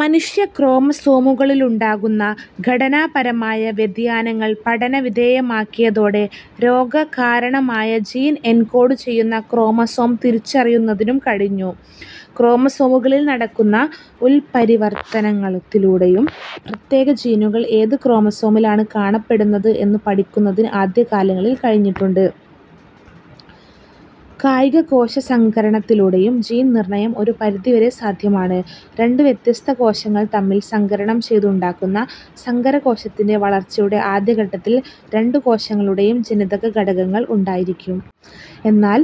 മനുഷ്യക്രോമസോമുകളിലുണ്ടാകുന്ന ഘടനാപരമായ വ്യതിയാനങ്ങൾ പഠനവിധേയമാക്കിയതോടെ രോഗകാരണമായ ജീൻ എൻകോഡു ചെയ്യുന്ന ക്രോമസോം തിരിച്ചറിയുന്നതിനും കഴിഞ്ഞു. ക്രോമസോമുകളിൽ നടക്കുന്ന ഉത്പരിവർത്തനത്തിലൂടെയും പ്രത്യേക ജീനുകൾ ഏതു ക്രോമസോമിലാണ് കാണപ്പെടുന്നത് എന്നു പഠിക്കുന്നതിന് ആദ്യകാലങ്ങളിൽ കഴിഞ്ഞിട്ടുണ്ട്. കായികകോശ സങ്കരണത്തിലൂടെയും ജീൻ നിർണയം ഒരു പരിധിവരെ സാധ്യമാണ്. രണ്ടു വ്യത്യസ്ത കോശങ്ങൾ തമ്മിൽ സങ്കരണം ചെയ്തുണ്ടാക്കുന്ന സങ്കരകോശത്തിന്റെ വളർച്ചയുടെ ആദ്യഘട്ടത്തിൽ രണ്ടു കോശങ്ങളുടേയും ജനിതക ഘടകങ്ങൾ ഉണ്ടായിരിക്കും. എന്നാൽ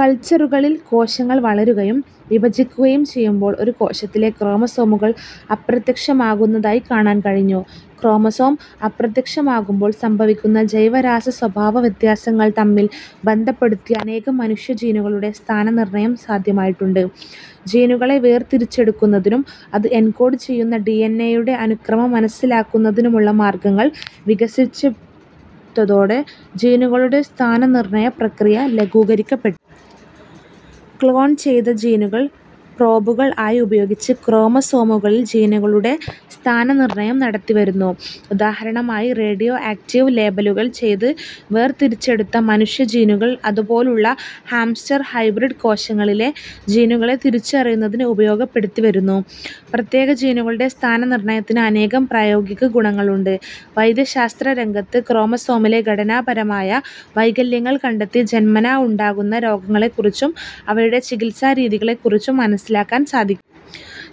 കൾച്ചറുകളിൽ കോശങ്ങൾ വളരുകയും വിഭജിക്കുകയും ചെയ്യുമ്പോൾ ഒരു കോശത്തിലെ ക്രോമസോമുകൾ അപ്രത്യക്ഷമാകുന്നതായി കാണാൻ കഴിഞ്ഞു. ക്രോമസോം അപ്രത്യക്ഷമാകുമ്പോൾ സംഭവിക്കുന്ന ജൈവരാസ സ്വഭാവ വ്യത്യാസങ്ങൾ തമ്മിൽ ബന്ധപ്പെടുത്തി അനേകം മനുഷ്യജീനുകളുടെ സ്ഥാനനിർണയം സാധ്യമായിട്ടുണ്ട്. ജീനുകളെ വേർതിരിച്ചെടുക്കുന്നതിനും അതു എൻകോഡു ചെയ്യുന്ന ഡിഎൻഎ യുടെ അനുക്രമം മനസ്സിലാക്കുന്നതിനുമുള്ള മാർഗങ്ങൾ വികസിപ്പിച്ചെടുത്തതോടെ ജീനുകളുടെ സ്ഥാന നിർണയ പ്രക്രിയ ലഘൂകരിക്കപ്പെട്ടു. ക്ലോൺ ചെയ്ത ജീനുകൾ പ്രോബുകൾ ആയി ഉപയോഗിച്ച് ക്രോമസോമുകളിൽ ജീനുകളുടെ സ്ഥാനനിർണയം നടത്തിവരുന്നു. ഉദാഹരണമായി റേഡിയോ ആക്റ്റീവ് ലേബലുകൾ ചെയ്ത് വേർതിരിച്ചെടുത്ത മനുഷ്യ ജീനുകൾ അതുപോലുള്ള ഹാംസ്റ്റർ ഹൈബ്രിഡ് കോശങ്ങളിലെ ജീനുകളെ തിരിച്ചറിയുന്നതിന് ഉപയോഗപ്പെടുത്തിവരുന്നു. പ്രത്യേക ജീനുകളുടെ സ്ഥാനനിർണയത്തിന് അനേകം പ്രായോഗിക ഗുണങ്ങളുണ്ട്. വൈദ്യശാസ്ത്രരംഗത്ത് ക്രോമസോമിലെ ഘടനാപരമായ വൈകല്യങ്ങൾ കണ്ടെത്തി ജന്മനാ ഉണ്ടാകുന്ന രോഗങ്ങളെക്കുറിച്ചും അവയുടെ ചികിത്സാരീതികളെക്കുറിച്ചും മനസ്സിലാക്കാൻ സാധിക്കും.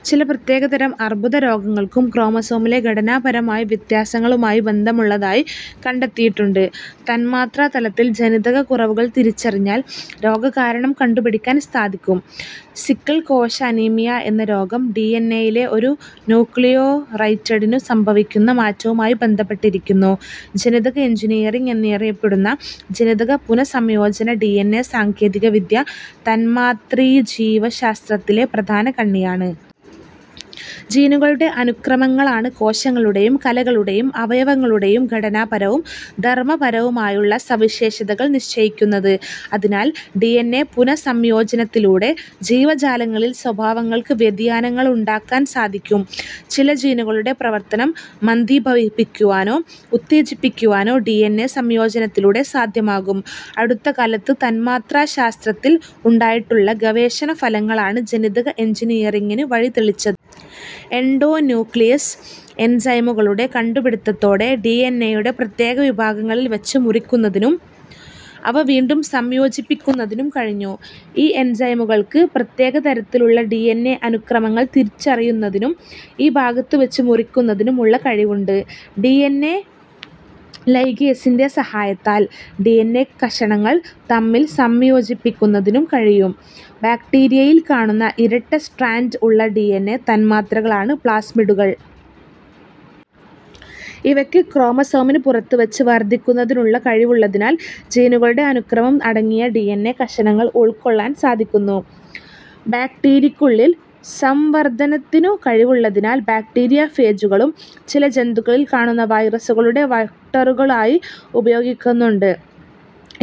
ചില പ്രത്യേകതരം അർബുദ രോഗങ്ങൾക്കും ക്രോമസോമിലെ ഘടനാപരമായ വ്യത്യാസങ്ങളുമായി ബന്ധമുള്ളതായി കണ്ടെത്തിയിട്ടുണ്ട്. തന്മാത്രാതലത്തിൽ ജനിതക കുറവുകൾ തിരിച്ചറിഞ്ഞാൽ രോഗകാരണം കണ്ടുപിടിക്കാൻ സാധിക്കും. സിക്കിൾ കോശ അനീമിയ എന്ന രോഗം ഡിഎൻഎ യിലെ ഒരു ന്യൂക്ലിയോറ്റൈഡിനു സംഭവിക്കുന്ന മാറ്റവുമായി ബന്ധപ്പെട്ടിരിക്കുന്നു.. ജനിതക എൻജിനീയറിങ് എന്നറിയപ്പെടുന്ന ജനിതക പുനഃസംയോജന ഡിഎൻഎ സാങ്കേതികവിദ്യ തന്മാത്രാജീവശാസ്ത്രത്തിലെ പ്രധാന കണ്ണിയാണ്. ജീനുകളുടെ അനുക്രമങ്ങളാണ് കോശങ്ങളുടേയും കലകളു ടേയും അവയവങ്ങളുടേയും ഘടനാപരവും ധർമപരവുമായുള്ള സവിശേഷതകൾ നിശ്ചയിക്കുന്നത്. അതിനാൽ ഡിഎൻഎ പുനഃ സംയോജനത്തിലൂടെ ജീവജാലങ്ങളിൽ സ്വഭാവങ്ങൾക്ക് വ്യതിയാനങ്ങളുണ്ടാക്കാൻ സാധിക്കും. ചില ജീനുകളുടെ പ്രവർത്തനം മന്ദീഭവിപ്പിക്കുവാനോ ഉത്തേജിപ്പിക്കുവാനോ ഡിഎൻഎ സംയോജനത്തിലൂടെ സാധ്യമാകും. അടുത്തകാലത്ത് തന്മാത്രാശാസ്ത്രത്തിൽ ഉണ്ടായിട്ടുള്ള ഗവേഷണ ഫലങ്ങളാണ് ജനിതക എൻജിനീയറിങ്ങിനു വഴിതെളിച്ചത്. എൻഡോന്യൂക്ലിയേസ് എൻസൈമുകളുടെ കണ്ടുപിടിത്തത്തോടെ ഡിഎൻഎയുടെ പ്രത്യേക ഭാഗങ്ങളിൽ വച്ച് മുറിക്കുന്നതിനും അവ വീണ്ടും സംയോജിപ്പിക്കുന്നതിനും കഴിഞ്ഞു. ഈ എൻസൈമുകൾക്ക് പ്രത്യേക തരത്തിലുള്ള ഡിഎൻഎ അനുക്രമങ്ങൾ തിരിച്ചറിയുന്നതിനും ഈ ഭാഗത്തുവച്ച് മുറിക്കുന്നതിനും ഉള്ള കഴിവുണ്ട്. ഡിഎൻഎ ലൈഗേസിന്റെ സഹായത്താൽ ഡിഎൻഎ കഷണങ്ങൾ തമ്മിൽ സംയോജിപ്പിക്കുന്നതിനും കഴിയും. ബാക്ടീരിയയിൽ കാണുന്ന ഇരട്ട സ്ട്രാൻഡ് ഉള്ള ഡിഎൻഎ തന്മാത്രകളാണ് പ്ലാസ്മിഡുകൾ. ഇവയ്ക്ക് ക്രോമസോമിന് പുറത്തുവച്ച് വർധിക്കുന്നതിനുള്ള കഴിവുള്ളതിനാൽ ജീനുകളുടെ അനുക്രമം അടങ്ങിയ ഡിഎൻഎ കഷണങ്ങൾ ഉൾക്കൊള്ളാൻ സാധിക്കുന്നു. ബാക്ടീരിയ്ക്കുള്ളിൽ സംവർധനത്തിനു കഴിവുള്ളതിനാൽ ബാക്ടീരിയ ഫേജുകളും ചില ജന്തുക്കളിൽ കാണുന്ന വൈറസുകളുടെ വെക്ടറുകളായി ഉപയോഗിക്കുന്നുണ്ട്.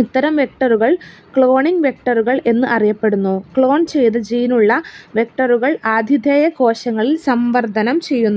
ഇത്തരം വെക്ടറുകൾ ക്ളോണിങ് വെക്ടറുകൾ എന്ന് അറിയപ്പെടുന്നു. ക്ളോൺ ചെയ്ത ജീനുള്ള വെക്ടറുകൾ ആതിഥേയ കോശങ്ങളിൽ സംവർധനം ചെയ്യുന്നു.